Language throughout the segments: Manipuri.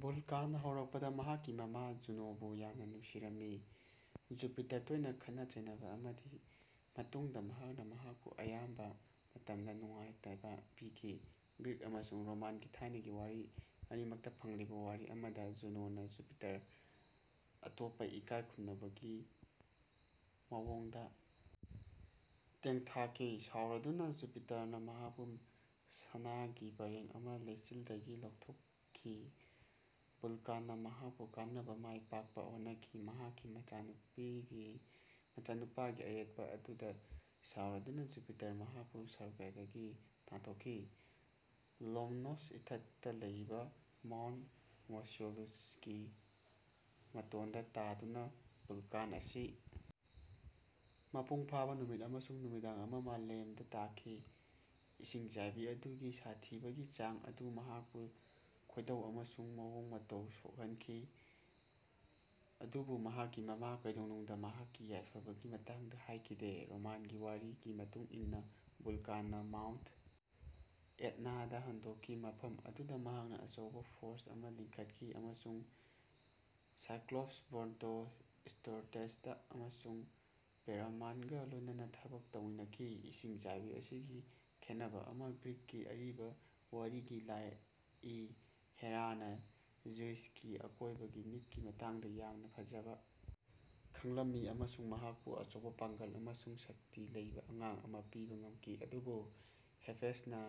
ꯚꯨꯜꯀꯥꯟꯅ ꯍꯧꯔꯛꯄꯗ, ꯃꯍꯥꯛꯀꯤ ꯃꯃꯥ ꯖꯨꯅꯣꯕꯨ ꯌꯥꯝꯅ ꯅꯨꯡꯁꯤꯖꯔꯝꯃꯤ꯫ ꯖꯨꯄꯤꯇꯔꯒ ꯇꯣꯏꯅ ꯈꯠꯅ-ꯆꯩꯅꯕ ꯑꯃꯒꯤ ꯃꯇꯨꯡꯗ ꯃꯍꯥꯛꯅ ꯃꯍꯥꯛꯄꯨ ꯑꯌꯥꯝꯕ ꯃꯇꯝꯗ ꯅꯨꯡꯉꯥꯏꯇꯕ ꯄꯤꯈꯤ꯫ ꯒ꯭ꯔꯤꯛ ꯑꯃꯁꯨꯡ ꯔꯣꯃꯥꯟꯒꯤ ꯊꯥꯏꯅꯒꯤ ꯋꯥꯔꯤ ꯑꯅꯤꯃꯛꯇ ꯐꯪꯂꯤꯕ ꯋꯥꯔꯤ ꯑꯃꯗ, ꯖꯨꯅꯣꯅ ꯖꯨꯄꯤꯇꯔꯒ ꯑꯇꯣꯞꯄ ꯏꯀꯥꯏ ꯈꯨꯝꯅꯕꯒꯤ ꯃꯋꯣꯡꯗ ꯊꯦꯡꯅꯈꯤ꯫ ꯁꯥꯎꯔꯗꯨꯅ, ꯖꯨꯄꯤꯇꯔꯅ ꯃꯍꯥꯛꯄꯨ ꯁꯅꯥꯒꯤ ꯄꯔꯦꯡ ꯑꯃꯅ ꯂꯩꯆꯤꯜꯗꯒꯤ ꯂꯧꯊꯣꯛꯈꯤ꯫ ꯚꯨꯜꯀꯥꯟꯅ ꯃꯍꯥꯛꯄꯨ ꯀꯟꯅꯕ ꯃꯥꯏ ꯄꯥꯛꯅ ꯍꯣꯠꯅꯈꯤ꯫ ꯃꯍꯥꯛꯀꯤ ꯃꯆꯥꯅꯨꯄꯥꯒꯤ ꯑꯌꯦꯠꯄ ꯑꯗꯨꯗ ꯁꯥꯎꯔꯗꯨꯅ ꯖꯨꯄꯤꯇꯔꯅ ꯃꯍꯥꯛꯄꯨ ꯁꯔꯒꯗꯒꯤ ꯇꯥꯟꯊꯣꯛꯈꯤ꯫ ꯂꯦꯝꯅꯣꯁ ꯏꯊꯠꯇ ꯂꯩꯕ ꯃꯥꯎꯟꯠ ꯃꯣꯁꯤꯆꯨꯂꯁꯀꯤ ꯃꯇꯣꯟꯗ ꯇꯥꯗꯨꯅ ꯚꯨꯜꯀꯥꯟ ꯑꯁꯤ ꯃꯄꯨꯡ ꯐꯥꯕ ꯅꯨꯃꯤꯠ ꯑꯃꯁꯨꯡ ꯅꯨꯃꯤꯗꯥꯡ ꯑꯃ ꯃꯥꯂꯦꯝꯗ ꯇꯥꯈꯤ꯫ ꯏꯁꯤꯡꯆꯥꯏꯕꯤ ꯑꯗꯨꯒꯤ ꯁꯥꯊꯤꯕꯒꯤ ꯆꯥꯡ ꯑꯗꯨꯅ ꯃꯍꯥꯛꯄꯨ ꯈꯣꯏꯗꯧ ꯑꯃꯁꯨꯡ ꯃꯑꯣꯡ ꯃꯇꯧ ꯁꯣꯛꯍꯟꯈꯤ, ꯑꯗꯨꯕꯨ ꯃꯍꯥꯛꯀꯤ ꯃꯃꯥꯅ ꯀꯩꯗꯧꯅꯨꯡꯗ ꯃꯍꯥꯛꯀꯤ ꯌꯥꯏꯐꯕꯒꯤ ꯃꯇꯥꯡꯗ ꯍꯪꯈꯤꯗꯦ꯫ ꯔꯣꯃꯥꯟꯒꯤ ꯋꯥꯔꯤꯒꯤ ꯃꯇꯨꯡ ꯏꯟꯅ, ꯚꯨꯜꯀꯥꯟꯅ ꯃꯥꯎꯟꯠ ꯑꯦꯠꯅꯥꯗ ꯍꯟꯗꯣꯛꯈꯤ ꯃꯐꯝ ꯑꯗꯨꯗ ꯃꯍꯥꯛꯅ ꯑꯆꯧꯕ ꯐꯣꯔꯖ ꯑꯃ ꯂꯤꯡꯈꯠꯈꯤ ꯑꯃꯁꯨꯡ ꯁꯥꯏꯀ꯭ꯂꯣꯞꯁ ꯕ꯭ꯔꯣꯟꯇꯦ, ꯁ꯭ꯇꯦꯔꯣꯏꯗꯁ ꯑꯃꯁꯨꯡ ꯄꯥꯏꯔꯦꯃꯣꯟꯒ ꯂꯣꯏꯅꯅ ꯊꯕꯛ ꯇꯧꯃꯤꯟꯅꯈꯤ꯫ ꯏꯁꯤꯡꯆꯥꯏꯕꯤ ꯑꯁꯤꯒꯤ ꯈꯦꯠꯅꯕ ꯑꯃ ꯒ꯭ꯔꯤꯛꯀꯤ ꯑꯔꯤꯕ ꯋꯥꯔꯤꯗꯒꯤ ꯂꯥꯛꯏ꯫ ꯍꯦꯔꯥꯅ ꯖ꯭ꯌꯨꯁꯀꯤ ꯑꯀꯣꯏꯕ ꯃꯤꯠꯀꯤ ꯃꯇꯥꯡꯗ ꯌꯥꯝꯅ ꯐꯖꯅ ꯈꯪꯂꯝꯃꯤ ꯑꯃꯁꯨꯡ ꯃꯍꯥꯛꯄꯨ ꯑꯆꯧꯕ ꯄꯥꯡꯒꯜ ꯑꯃꯁꯨꯡ ꯁꯛꯇꯤ ꯂꯩꯕ ꯑꯉꯥꯡ ꯑꯃ ꯄꯤꯕ ꯄꯥꯝꯈꯤ, ꯑꯗꯨꯕꯨ ꯍꯦꯐꯦꯁ꯭ꯇꯁꯅ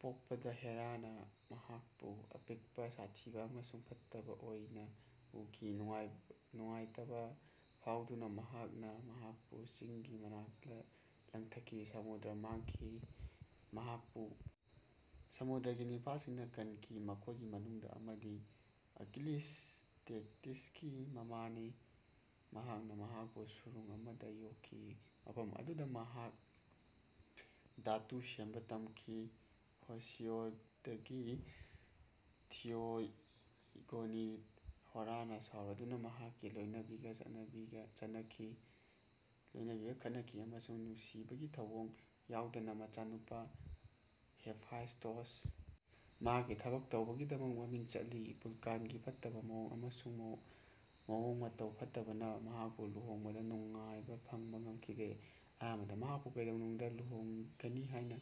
ꯄꯣꯛꯄꯗ ꯍꯦꯔꯥꯅ ꯃꯍꯥꯛꯄꯨ ꯑꯄꯤꯛꯄ, ꯁꯥꯊꯤꯕ ꯑꯃꯁꯨꯡ ꯐꯠꯇꯕ ꯑꯣꯏꯅ ꯎꯈꯤ꯫ ꯅꯨꯡꯉꯥꯏꯇꯕ ꯐꯥꯎꯗꯨꯅ, ꯃꯍꯥꯛꯅ ꯃꯍꯥꯛꯄꯨ ꯆꯤꯡꯒꯤ ꯃꯅꯥꯛꯇ ꯂꯪꯊꯈꯤ, ꯁꯃꯨꯗ꯭ꯔꯗ ꯃꯥꯡꯈꯤ꯫ ꯃꯍꯥꯛꯄꯨ ꯁꯃꯨꯗ꯭ꯔꯒꯤ ꯅꯤꯝꯐꯁꯤꯡꯅ ꯀꯟꯈꯤ (ꯃꯈꯣꯏꯒꯤ ꯃꯅꯨꯡꯗ ꯑꯃꯗꯤ ꯑꯀꯤꯂꯤꯁ, ꯊꯦꯇꯤꯁꯀꯤ ꯃꯃꯥꯅꯤ), ꯃꯍꯥꯛꯅ ꯃꯍꯥꯛꯄꯨ ꯁꯨꯔꯨꯡ ꯑꯃꯗ ꯌꯣꯛꯈꯤ ꯃꯐꯝ ꯑꯗꯨꯗ ꯃꯍꯥꯛꯅ ꯙꯥꯇꯨ ꯁꯦꯝꯕ ꯇꯝꯈꯤ꯫ ꯍꯦꯁꯤꯌꯣꯗꯀꯤ ꯊꯤꯌꯣꯒꯣꯅꯤꯗ, ꯍꯦꯔꯥꯅ ꯁꯥꯎꯔꯗꯨꯅ, ꯃꯍꯥꯛꯀꯤ ꯂꯣꯏꯅꯕꯤꯒ ꯈꯠꯅꯈꯤ ꯑꯃꯁꯨꯡ ꯅꯨꯡꯁꯤꯕꯒꯤ ꯊꯧꯑꯣꯡ ꯌꯥꯎꯗꯅ ꯃꯆꯥꯅꯨꯄꯥ ꯍꯦꯐꯥꯏꯁ꯭ꯇꯣꯁ, ꯃꯍꯥꯛꯀꯤ ꯊꯕꯛ ꯇꯧꯕꯒꯤꯗꯃꯛ ꯃꯃꯤꯡ ꯆꯠꯂꯤ꯫ ꯚꯨꯜꯀꯥꯟꯒꯤ ꯐꯠꯇꯕ ꯃꯑꯣꯡ ꯑꯃꯁꯨꯡ ꯃꯑꯣꯡ ꯃꯇꯧ ꯐꯠꯇꯕꯅ ꯃꯍꯥꯛꯄꯨ ꯂꯨꯍꯣꯡꯕꯗ ꯅꯨꯡꯉꯥꯏꯕ ꯐꯪꯕ ꯉꯝꯈꯤꯗꯦ꯫ ꯑꯍꯥꯟꯕꯗ, ꯃꯍꯥꯛꯄꯨ ꯀꯩꯗꯧꯅꯨꯡꯗ ꯂꯨꯍꯣꯡꯒꯅꯤ ꯍꯥꯏꯅ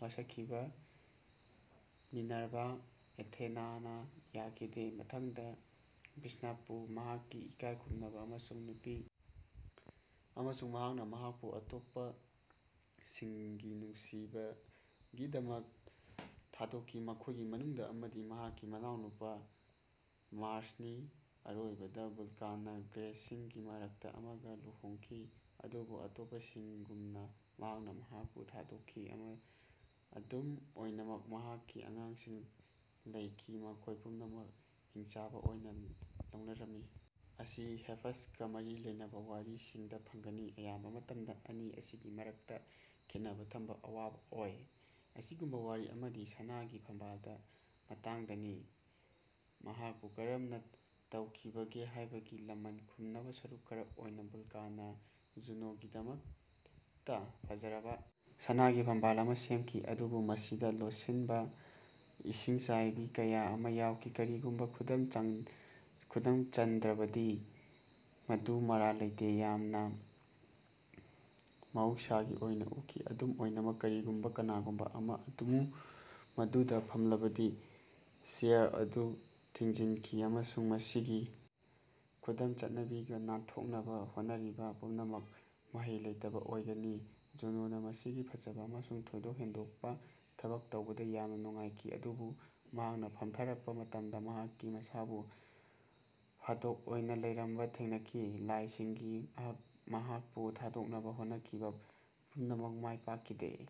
ꯋꯥꯁꯛꯈꯤꯕ ꯃꯤꯅꯔꯚꯥ (ꯑꯦꯊꯦꯅꯥ)ꯅ ꯌꯥꯈꯤꯗꯦ꯫ ꯃꯊꯪꯗ, ꯚꯤꯅꯁꯄꯨ ꯃꯍꯥꯛꯀꯤ ꯏꯀꯥꯏ ꯈꯨꯝꯅꯕ ꯑꯃꯁꯨꯡ ꯅꯨꯄꯤ ꯑꯃꯁꯨꯡ ꯃꯍꯥꯛꯅ ꯃꯍꯥꯛꯄꯨ ꯑꯇꯣꯞꯄꯁꯤꯡꯒꯤ ꯅꯨꯡꯁꯤꯕꯒꯤꯗꯃꯛ ꯊꯥꯗꯣꯛꯈꯤ ꯃꯈꯣꯏꯒꯤ ꯃꯅꯨꯡꯗ ꯑꯃꯗꯤ ꯃꯍꯥꯛꯀꯤ ꯃꯅꯥꯎꯅꯨꯄꯥ ꯃꯥꯔ꯭ꯁꯅꯤ꯫ ꯑꯔꯣꯏꯕꯗ, ꯚꯨꯜꯀꯥꯟꯅ ꯒ꯭ꯔꯦꯁꯁꯤꯡꯒꯤ ꯃꯔꯛꯇ ꯑꯃꯒ ꯂꯨꯍꯣꯡꯈꯤ, ꯑꯗꯨꯕꯨ ꯑꯇꯣꯞꯄꯁꯤꯡꯒꯨꯝꯅ ꯃꯍꯥꯛꯅ ꯃꯍꯥꯛꯄꯨ ꯊꯥꯗꯣꯛꯈꯤ꯫ ꯑꯗꯨꯝ ꯑꯣꯏꯅꯃꯛ, ꯃꯍꯥꯛꯀꯤ ꯑꯉꯥꯡꯁꯤꯡ ꯂꯩꯈꯤ ꯃꯈꯣꯏ ꯄꯨꯝꯅꯃꯛ ꯍꯤꯡꯆꯥꯕ ꯑꯣꯏꯅ ꯂꯧꯅꯔꯝꯃꯤ ꯑꯁꯤ ꯍꯦꯐꯦꯁ꯭ꯇꯁꯀ ꯃꯔꯤ ꯂꯩꯅꯕ ꯋꯥꯔꯤꯁꯤꯡꯗ ꯐꯪꯒꯅꯤ꯫ ꯑꯌꯥꯝꯕ ꯃꯇꯝꯗ ꯑꯅꯤ ꯑꯁꯤꯒꯤ ꯃꯔꯛꯇ ꯈꯦꯠꯅꯕ ꯊꯝꯕ ꯑꯋꯥꯕ ꯑꯣꯏ꯫ ꯑꯁꯤꯒꯨꯝꯕ ꯋꯥꯔꯤ ꯑꯃꯗꯤ ꯁꯅꯥꯒꯤ ꯐꯝꯕꯥꯜꯒꯤ ꯃꯇꯥꯡꯗꯅꯤ꯫ ꯃꯍꯥꯛꯄꯨ ꯀꯔꯝꯅ ꯇꯧꯈꯤꯕꯒꯦ ꯍꯥꯏꯕꯒꯤ ꯂꯃꯟ ꯈꯨꯝꯅꯕ ꯁꯔꯨꯛ ꯈꯔ ꯑꯣꯏꯅ, ꯚꯨꯜꯀꯥꯟꯅ ꯖꯨꯅꯣꯒꯤꯗꯃꯛꯇ ꯐꯖꯔꯕ ꯁꯅꯥꯒꯤ ꯐꯝꯕꯥꯜ ꯑꯃ ꯁꯦꯝꯈꯤ, ꯑꯗꯨꯕꯨ ꯃꯁꯤꯗ ꯂꯣꯠꯁꯤꯟꯕ ꯏꯁꯤꯡꯆꯥꯏꯕꯤ ꯀꯌꯥ ꯑꯃ ꯌꯥꯎꯈꯤ꯫ ꯀꯔꯤꯒꯨꯝꯕ ꯈꯨꯗꯨꯝ ꯆꯟꯗ꯭ꯔꯕꯗꯤ, ꯃꯗꯨ ꯃꯔꯥꯜ ꯂꯩꯇꯦ, ꯌꯥꯝꯅ ꯃꯍꯧꯁꯥꯒꯤ ꯑꯣꯏꯅ ꯎꯈꯤ꯫ ꯑꯗꯨꯝ ꯑꯣꯏꯅꯃꯛ, ꯀꯔꯤꯒꯨꯝꯕ ꯀꯅꯥꯒꯨꯝꯕ ꯑꯃꯅ ꯃꯗꯨꯗ ꯐꯝꯂꯕꯗꯤ, ꯆꯦꯌꯔ ꯑꯗꯨ ꯊꯤꯡꯖꯤꯟꯈꯤ, ꯑꯃꯁꯨꯡ ꯃꯁꯤꯒꯤ ꯈꯨꯗꯝ ꯆꯠꯅꯕꯤꯒ ꯅꯥꯟꯊꯣꯛꯅꯕ ꯍꯣꯠꯅꯔꯤꯕ ꯄꯨꯝꯅꯃꯛ ꯃꯍꯩ ꯂꯩꯇꯕ ꯑꯣꯏꯒꯅꯤ꯫ ꯖꯨꯅꯣꯅ ꯃꯁꯤꯒꯤ ꯐꯖꯕ ꯑꯃꯁꯨꯡ ꯊꯣꯏꯗꯣꯛ ꯍꯦꯟꯗꯣꯛꯄ ꯊꯕꯛ ꯇꯧꯕꯗ ꯌꯥꯝꯅ ꯅꯨꯡꯉꯥꯏꯈꯤ, ꯑꯗꯨꯕꯨ ꯃꯍꯥꯛꯅ ꯐꯝꯊꯔꯛꯄ ꯃꯇꯝꯗ ꯃꯍꯥꯛ ꯃꯁꯥꯕꯨ ꯐꯥꯗꯣꯛ ꯑꯣꯏꯅ ꯂꯩꯔꯝꯕ ꯊꯦꯡꯅꯈꯤ꯫ ꯂꯥꯏꯁꯤꯡꯅ ꯃꯍꯥꯛꯄꯨ ꯊꯥꯗꯣꯛꯅꯕ ꯍꯣꯠꯅꯈꯤꯕ ꯄꯨꯝꯅꯃꯛ ꯃꯥꯏ ꯄꯥꯛꯈꯤꯗꯦ꯫